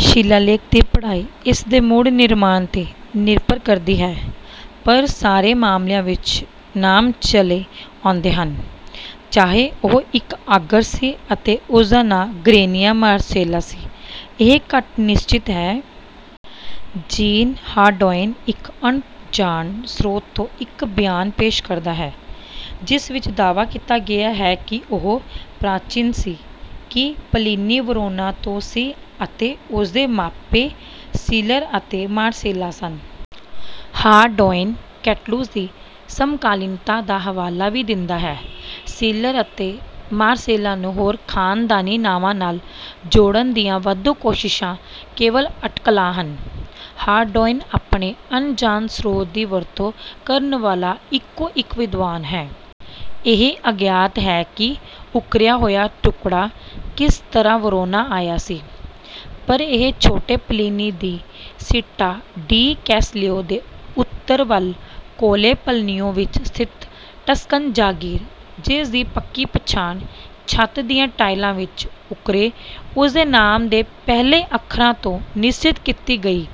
ਸ਼ਿਲਾਲੇਖ ਦੀ ਪੜ੍ਹਾਈ ਇਸ ਦੇ ਮੁੜ ਨਿਰਮਾਣ 'ਤੇ ਨਿਰਭਰ ਕਰਦੀ ਹੈ, ਪਰ ਸਾਰੇ ਮਾਮਲਿਆਂ ਵਿੱਚ ਨਾਮ ਚਲੇ ਆਉਂਦੇ ਹਨ। ਚਾਹੇ ਉਹ ਇੱਕ ਆਗਰ ਸੀ ਅਤੇ ਉਸ ਦਾ ਨਾਂ ਗ੍ਰੈਨੀਆ ਮਾਰਸੇਲਾ ਸੀ, ਇਹ ਘੱਟ ਨਿਸ਼ਚਤ ਹੈ। ਜੀਨ ਹਾਰਡੌਇਨ ਇੱਕ ਅਣਜਾਣ ਸ੍ਰੋਤ ਤੋਂ ਇੱਕ ਬਿਆਨ ਪੇਸ਼ ਕਰਦਾ ਹੈ, ਜਿਸ ਵਿੱਚ ਦਾਅਵਾ ਕੀਤਾ ਗਿਆ ਹੈ ਕਿ ਉਹ ਪ੍ਰਾਚੀਨ ਸੀ। ਕਿ ਪਲੀਨੀ ਵਰੋਨਾ ਤੋਂ ਸੀ ਅਤੇ ਉਸਦੇ ਮਾਪੇ ਸੀਲਰ ਅਤੇ ਮਾਰਸੇਲਾ ਸਨ। ਹਾਰਡੌਇਨ ਕੈਟਲੁਸ ਦੀ ਸਮਕਾਲੀਨਤਾ ਦਾ ਹਵਾਲਾ ਵੀ ਦਿੰਦਾ ਹੈ। ਸੀਲਰ ਅਤੇ ਮਾਰਸੇਲਾ ਨੂੰ ਹੋਰ ਖ਼ਾਨਦਾਨੀ ਨਾਵਾਂ ਨਾਲ ਜੋੜਨ ਦੀਆਂ ਵਾਧੂ ਕੋਸ਼ਿਸ਼ਾਂ ਕੇਵਲ ਅਟਕਲਾਂ ਹਨ। ਹਾਰਡੌਇਨ ਆਪਣੇ ਅਣਜਾਣ ਸਰੋਤ ਦੀ ਵਰਤੋਂ ਕਰਨ ਵਾਲਾ ਇੱਕੋ ਇੱਕ ਵਿਦਵਾਨ ਹੈ। ਇਹ ਅਗਿਆਤ ਹੈ ਕਿ ਉਕਰਿਆ ਹੋਇਆ ਟੁਕੜਾ ਕਿਸ ਤਰ੍ਹਾਂ ਵਰੋਨਾ ਆਇਆ ਸੀ। ਪਰ ਇਹ ਛੋਟੇ ਪਲੀਨੀ ਦੀ ਸੀਟਾ ਡੀ ਕੈਸਲੇਓ ਦੇ ਉੱਤਰ ਵੱਲ ਕੋਲੇ ਪਲੀਨੀਓ ਵਿੱਚ ਸਥਿਤ ਟਸਕਨ ਜਾਗੀਰ, ਜਿਸ ਦੀ ਪੱਕੀ ਪਛਾਣ ਛੱਤ ਦੀਆਂ ਟਾਇਲਾਂ ਵਿੱਚ ਉੱਕਰੇ ਉਸਦੇ ਨਾਮ ਦੇ ਪਹਿਲੇ ਅੱਖਰਾਂ ਤੋਂ ਨਿਸ਼ਚਿਤ ਕੀਤੀ ਗਈ,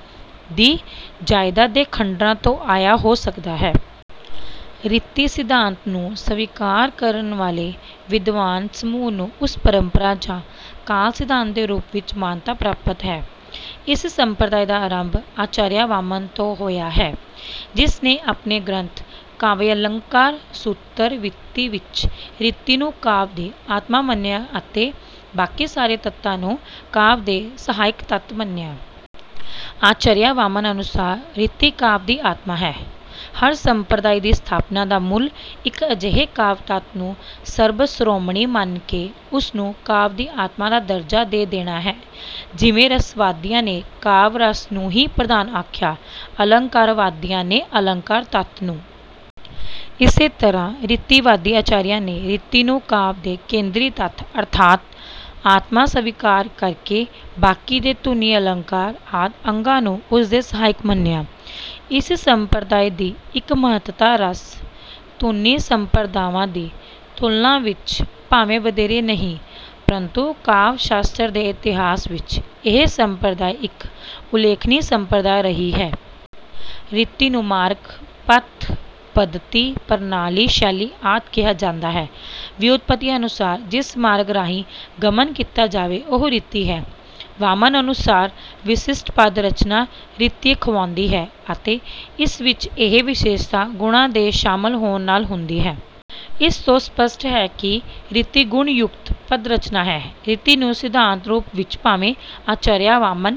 ਦੀ ਜਾਇਦਾਦ ਦੇ ਖੰਡਰਾਂ ਤੋਂ ਆਇਆ ਹੋ ਸਕਦਾ ਹੈ। ਰੀਤੀ ਸਿਧਾਂਤ ਨੂੰ ਸਵੀਕਾਰ ਕਰਨ ਵਾਲੇ ਵਿਦਵਾਨ ਸਮੂਹ ਨੂੰ ਉਸ ਪਰੰਪਰਾ ਜਾਂ ਕਾਲ ਸਿਧਾਂਤ ਦੇ ਰੂਪ ਵਿੱਚ ਮਾਨਤਾ ਪ੍ਰਾਪਤ ਹੈ। ਇਸ ਸੰਪ੍ਰਦਾਇ ਦਾ ਆਰੰਭ ਆਚਾਰੀਆ ਵਾਮਨ ਤੋਂ ਹੋਇਆ ਹੈ, ਜਿਸ ਨੇ ਆਪਣੇ ਗ੍ਰੰਥ ਕਾਵਿਯਾਲੰਕਾਰ ਸੂਤ੍ਰ ਵ੍ਰਿਤਿ ਵਿੱਚ ਰੀਤੀ ਨੂੰ ਕਾਵਿ ਦੀ ਆਤਮਾ ਮੰਨਿਆ ਅਤੇ ਬਾਕੀ ਸਾਰੇ ਤੱਤਾਂ ਨੂੰ ਕਾਵਿ ਦੇ ਸਹਾਇਕ ਤੱਤ ਮੰਨਿਆ। ਆਚਾਰੀਆ ਵਾਮਨ ਅਨੁਸਾਰ ਰੀਤੀ ਕਾਵਿ ਦੀ ਆਤਮਾ ਹੈ। ਹਰ ਸੰਪ੍ਰਦਾਇ ਦੀ ਸਥਾਪਨਾ ਦਾ ਮੂਲ ਇੱਕ ਅਜਿਹੇ ਕਾਵਿ ਤੱਤ ਨੂੰ ਸਰਬ ਸਰੋਮਣੀ ਮੰਨ ਕੇ ਉਸਨੂੰ ਕਾਵਿ ਦੀ ਆਤਮਾ ਦਾ ਦਰਜਾ ਦੇ ਦੇਣਾ ਹੈ। ਜਿਵੇਂ ਰਸਵਾਦੀਆਂ ਨੇ ਕਾਵਿ-ਰਸ ਨੂੰ ਹੀ ਪ੍ਰਧਾਨ ਆਖਿਆ, ਅਲੰਕਾਰਵਾਦੀਆਂ ਨੇ ਅਲੰਕਾਰ ਤੱਤ ਨੂੰ। ਇਸੇ ਤਰ੍ਹਾਂ ਰੀਤੀਵਾਦੀ ਆਚਾਰੀਆਂ ਨੇ ਰੀਤੀ ਨੂੰ ਕਾਵਿ ਦੇ ਕੇਂਦਰੀ ਤੱਤ ਅਰਥਾਤ ਆਤਮਾ ਸਵੀਕਾਰ ਕਰਕੇ ਬਾਕੀ ਦੇ ਧੁਨੀ, ਅਲੰਕਾਰ ਆਦਿ ਅੰਗਾਂ ਨੂੰ ਉਸਦੇ ਸਹਾਇਕ ਮੰਨਿਆ। ਇਸ ਸੰਪ੍ਰਦਾਇ ਦੀ ਮਹੱਤਤਾ ਰਸ, ਧੁਨੀ ਸੰਪ੍ਰਦਾਵਾਂ ਦੀ ਤੁਲਨਾ ਵਿੱਚ ਭਾਵੇਂ ਵਧੇਰੇ ਨਹੀਂ, ਪ੍ਰੰਤੂ ਕਾਵਿ-ਸ਼ਾਸਤਰ ਦੇ ਇਤਿਹਾਸ ਵਿੱਚ ਇਹ ਸੰਪ੍ਰਦਾਇ ਇੱਕ ਉਲੇਖਨੀ ਸੰਪ੍ਰਦਾਇ ਰਹੀ ਹੈ। ਰੀਤੀ ਨੂੰ ਮਾਰਗ, ਪਥ, ਪੱਧਤੀ, ਪ੍ਰਣਾਲੀ, ਸ਼ੈਲੀ ਆਦਿ ਕਿਹਾ ਜਾਂਦਾ ਹੈ। ਵਿਉਤਪੱਤੀ ਅਨੁਸਾਰ ਜਿਸ ਮਾਰਗ ਰਾਹੀਂ ਗਮਨ ਕੀਤਾ ਜਾਵੇ, ਉਹ ਰੀਤੀ ਹੈ। ਵਾਮਨ ਅਨੁਸਾਰ ਵਿਸ਼ਿਸ਼ਟ ਪਦ-ਰਚਨਾ ਰੀਤੀ ਅਖਵਾਉਂਦੀ ਹੈ ਅਤੇ ਇਸ ਵਿੱਚ ਇਹ ਵਿਸ਼ੇਸ਼ਤਾ ਗੁਣਾਂ ਦੇ ਸ਼ਾਮਲ ਹੋਣ ਨਾਲ ਹੁੰਦੀ ਹੈ। ਇਸ ਤੋਂ ਸਪੱਸ਼ਟ ਹੈ ਕਿ ਰੀਤੀ ਗੁਣ-ਯੁਕਤ ਪਦ ਰਚਨਾ ਹੈ। ਰੀਤੀ ਨੂੰ ਸਿਧਾਂਤ ਰੂਪ ਵਿੱਚ ਭਾਵੇਂ ਆਚਾਰਯ ਵਾਮਨ